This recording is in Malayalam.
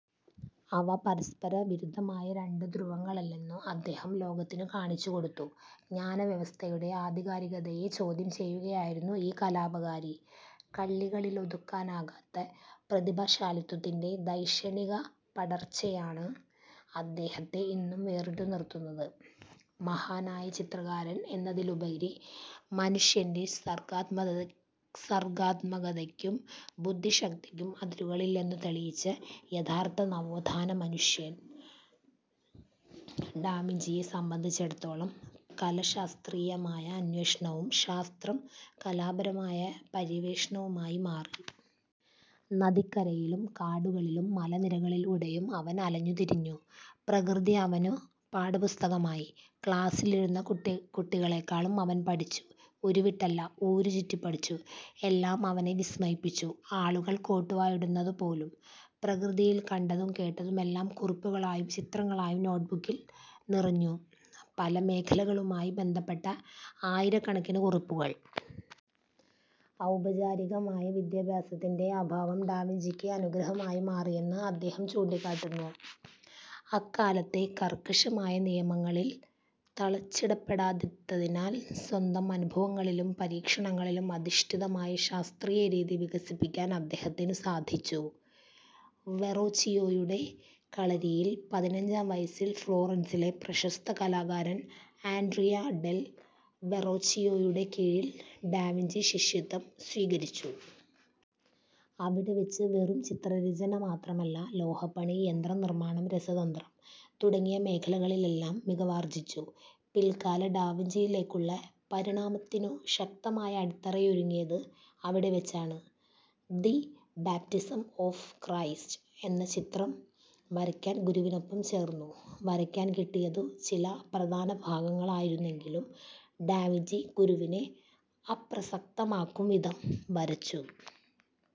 അവ പരസ്പരവിരുദ്ധമായ രണ്ടു ധ്രുവങ്ങളല്ലെന്നു അദ്ദേഹം ലോകത്തിനു കാണിച്ചുകൊടുത്തു. ജ്ഞാനവ്യവസ്ഥയുടെ ആധികാരികതയെ ചോദ്യം ചെയ്യുകയായിരുന്നു ഈ കലാപകാരി. കള്ളികളിലൊതുക്കാനാകാത്ത പ്രതിഭാശാലിത്വത്തിന്റെ ധൈഷണികപടർച്ചയാണ് അദ്ദേഹത്തെ ഇന്നും വേറിട്ടുനിർത്തുന്നത്. മഹാനായ ചിത്രകാരൻ എന്നതിലുപരി, മനുഷ്യന്റെ സർഗാത്മകതയ്ക്കും ബുദ്ധിശക്തിക്കും അതിരുകളില്ലെന്നു തെളിയിച്ച യഥാർഥ നവോത്ഥാന മനുഷ്യൻ. ഡാവിഞ്ചിയെ സംബന്ധിച്ചിടത്തോളം കല ശാസ്ത്രീയമായ അന്വേഷണവും ശാസ്ത്രം കലാപരമായ പര്യവേഷണവുമായി മാറി. നദിക്കരയിലും കാടുകളിലും മലനിരകളിലൂടെയും അവൻ അലഞ്ഞുതിരിഞ്ഞു. പ്രകൃതി അവനു പാഠപുസ്തകമായി. ക്ലാസിലിരുന്ന കുട്ടികളേക്കാളും അവൻ പഠിച്ചു. ഉരുവിട്ടല്ല, ഊരുചുറ്റി പഠിച്ചു. എല്ലാം അവനെ വിസ്മയിപ്പിച്ചു; ആളുകൾ കോട്ടുവായിടുന്നതു പോലും. പ്രകൃതിയിൽ കണ്ടതും കേട്ടതുമെല്ലാം കുറിപ്പുകളായും ചിത്രങ്ങളായും നോട്ട്ബുക്കുകളിൽ നിറഞ്ഞു. പല മേഖലകളുമായി ബന്ധപ്പെട്ട ആയിരക്കണക്കിനു കുറിപ്പുകൾ. ഔപചാരികമായ വിദ്യാഭ്യാസത്തിന്റെ അഭാവം ഡാവിഞ്ചിക്ക് അനുഗ്രഹമായി മാറിയെന്ന് അദ്ദേഹം ചൂണ്ടിക്കാട്ടുന്നു. അക്കാലത്തെ കർക്കശമായ നിയമങ്ങളിൽ തളച്ചിടപ്പെടാത്തതിനാൽ, സ്വന്തം അനുഭവങ്ങളിലും പരീക്ഷണങ്ങളിലും അധിഷ്ഠിതമായ ശാസ്ത്രീയ രീതി വികസിപ്പിക്കാൻ അദ്ദേഹത്തിനു സാധിച്ചു. വെറോച്ചിയോയുടെ കളരിയിൽ പതിനഞ്ചാം വയസ്സിൽ ഫ്ലോറൻസിലെ പ്രശസ്ത കലാകാരൻ ആൻഡ്രിയ ഡെൽ വെറോച്ചിയോയുടെ കീഴിൽ ഡാവിഞ്ചി ശിഷ്യത്വം സ്വീകരിച്ചു. അവിടെ വച്ച് വെറും ചിത്രരചന മാത്രമല്ല, ലോഹപ്പണി, യന്ത്രനിർമാണം, രസതന്ത്രം തുടങ്ങിയ മേഖലകളിലെല്ലാം മികവാർജിച്ചു. പിൽക്കാല ഡാവിഞ്ചിയിലേക്കുള്ള പരിണാമത്തിനു ശക്തമായ അടിത്തറയൊരുങ്ങിയത് അവിടെ വച്ചാണ്. 'ദ് ബാപ്റ്റിസം ഓഫ് ക്രൈസ്റ്റ്' എന്ന ചിത്രം വരയ്ക്കാൻ ഗുരുവിനൊപ്പം ചേർന്നു. വരയ്ക്കാൻ കിട്ടിയതു ചില അപ്രധാന ഭാഗങ്ങളായിരുന്നെങ്കിലും ഡാവിഞ്ചി ഗുരുവിനെ അപ്രസക്തമാക്കും വിധം വരച്ചു.